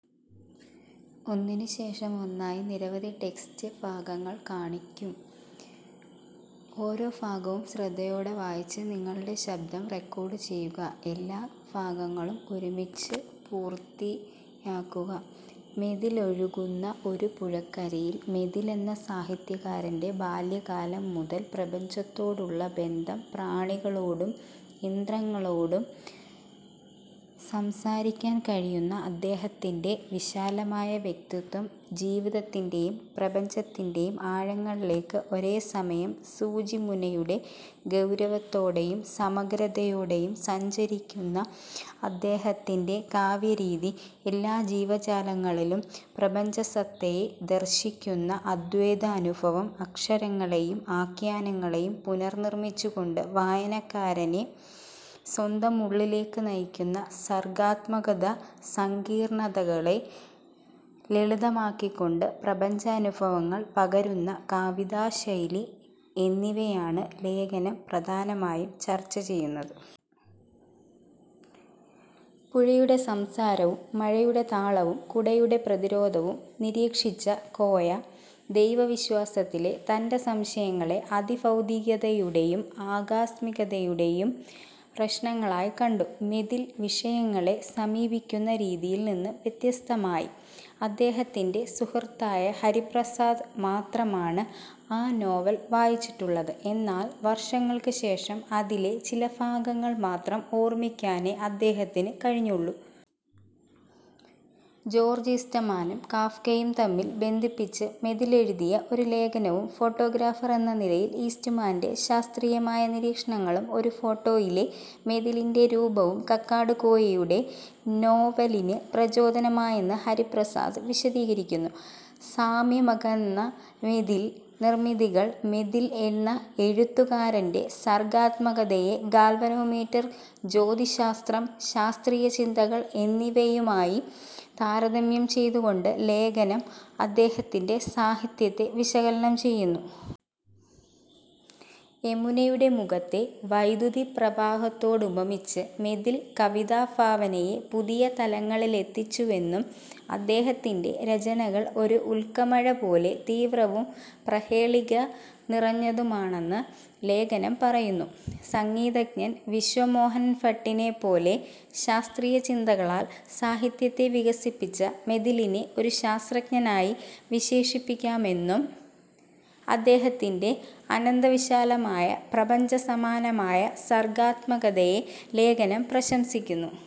മേതിലൊഴുകുന്ന ഒരു പുഴക്കരയിൽ... മേതിൽ എന്ന സാഹിത്യകാരന്റെ ബാല്യകാലം മുതൽ പ്രപഞ്ചത്തോടുള്ള ബന്ധം, പ്രാണികളോടും യന്ത്രങ്ങളോടും സംസാരിക്കാൻ കഴിയുന്ന അദ്ദേഹത്തിൻ്റെ വിശാലമായ വ്യക്തിത്വം, ജീവിതത്തിൻ്റെയും പ്രപഞ്ചത്തിൻ്റെയും ആഴങ്ങളിലേക്ക് ഒരേ സമയം സൂചിമുനയുടെ ഗൗരവത്തോടെയും സമഗ്രതയോടെയും സഞ്ചരിക്കുന്ന അദ്ദേഹത്തിൻ്റെ കാവ്യ രീതി, എല്ലാ ജീവജാലങ്ങളിലും പ്രപഞ്ചസത്തയെ ദർശിക്കുന്ന അദ്വൈതാനുഭവം, അക്ഷരങ്ങളെയും ആഖ്യാനങ്ങളെയും പുനർനിർമ്മിച്ചുകൊണ്ട് വായനക്കാരനെ സ്വന്തം ഉള്ളിലേക്ക് നയിക്കുന്ന സർഗ്ഗാത്മകത, സങ്കീർണ്ണതകളെ ലളിതമാക്കിക്കൊണ്ട് പ്രപഞ്ചാനുഭവങ്ങൾ പകരുന്ന കവിതാ ശൈലി എന്നിവയാണ് ലേഖനം പ്രധാനമായും ചർച്ച ചെയ്യുന്നത്. പുഴയുടെ സംസാരവും മഴയുടെ താളവും കുടയുടെ പ്രതിരോധവും നിരീക്ഷിച്ച കോയ, ദൈവവിശ്വാസത്തിലെ തന്റെ സംശയങ്ങളെ അതിഭൗതികതയുടെയും ആകസ്മികതയുടെയും പ്രശ്നങ്ങളായി കണ്ടു, മേതിൽ വിഷയങ്ങളെ സമീപിക്കുന്ന രീതിയിൽ നിന്ന് വ്യത്യസ്തമായി. അദ്ദേഹത്തിന്റെ സുഹൃത്തായ ഹരിപ്രസാദ് മാത്രമാണ് ആ നോവൽ വായിച്ചിട്ടുള്ളത്, എന്നാൽ വർഷങ്ങൾക്കുശേഷം അതിലെ ചില ഭാഗങ്ങൾ മാത്രം ഓർമ്മിക്കാനേ അദ്ദേഹത്തിന് കഴിഞ്ഞുള്ളൂ. ജോർജ് ഈസ്റ്റ്മാനും കാഫ്കയും തമ്മിൽ ബന്ധിപ്പിച്ച് മേതിൽ എഴുതിയ ഒരു ലേഖനവും, ഫൊട്ടോഗ്രാഫർ എന്ന നിലയിൽ ഈസ്റ്റ്മാന്റെ ശാസ്ത്രീയമായ നിരീക്ഷണങ്ങളും, ഒരു ഫോട്ടോയിലെ മേതിലിന്റെ രൂപവും കക്കാടുകോയയുടെ നോവലിന് പ്രചോദനമായെന്ന് ഹരിപ്രസാദ് വിശദീകരിക്കുന്നു. സാമ്യമകന്ന മേതിൽനിർമിതികൾ മേതിൽ എന്ന എഴുത്തുകാരന്റെ സർഗ്ഗാത്മകതയെ ഗാൽവനോമീറ്റർ, ജ്യോതിശാസ്ത്രം, ശാസ്ത്രീയ ചിന്തകൾ എന്നിവയുമായി താരതമ്യം ചെയ്തുകൊണ്ട് ലേഖനം അദ്ദേഹത്തിന്റെ സാഹിത്യത്തെ വിശകലനം ചെയ്യുന്നു. യമുനയുടെ മുഖത്തെ വൈദ്യുതിപ്രവാഹത്തോടുപമിച്ച് മേതിൽ കവിതാഭാവനയെ പുതിയ തലങ്ങളിലെത്തിച്ചുവെന്നും, അദ്ദേഹത്തിന്റെ രചനകൾ ഒരു ഉൽക്കമഴ പോലെ തീവ്രവും, പ്രഹേളിക നിറഞ്ഞതുമാണെന്നും ലേഖനം പറയുന്നു. സംഗീതജ്ഞൻ വിശ്വമോഹൻ ഭട്ടിനെപ്പോലെ ശാസ്ത്രീയ ചിന്തകളാൽ സാഹിത്യത്തെ വികസിപ്പിച്ച മേതിലിനെ ഒരു ശാസ്ത്രജ്ഞനായി വിശേഷിപ്പിക്കാമെന്നും, അദ്ദേഹത്തിന്റെ അനന്തവിശാലമായ പ്രപഞ്ചസമാനമായ സർഗ്ഗാത്മകതയെ ലേഖനം പ്രശംസിക്കുന്നു.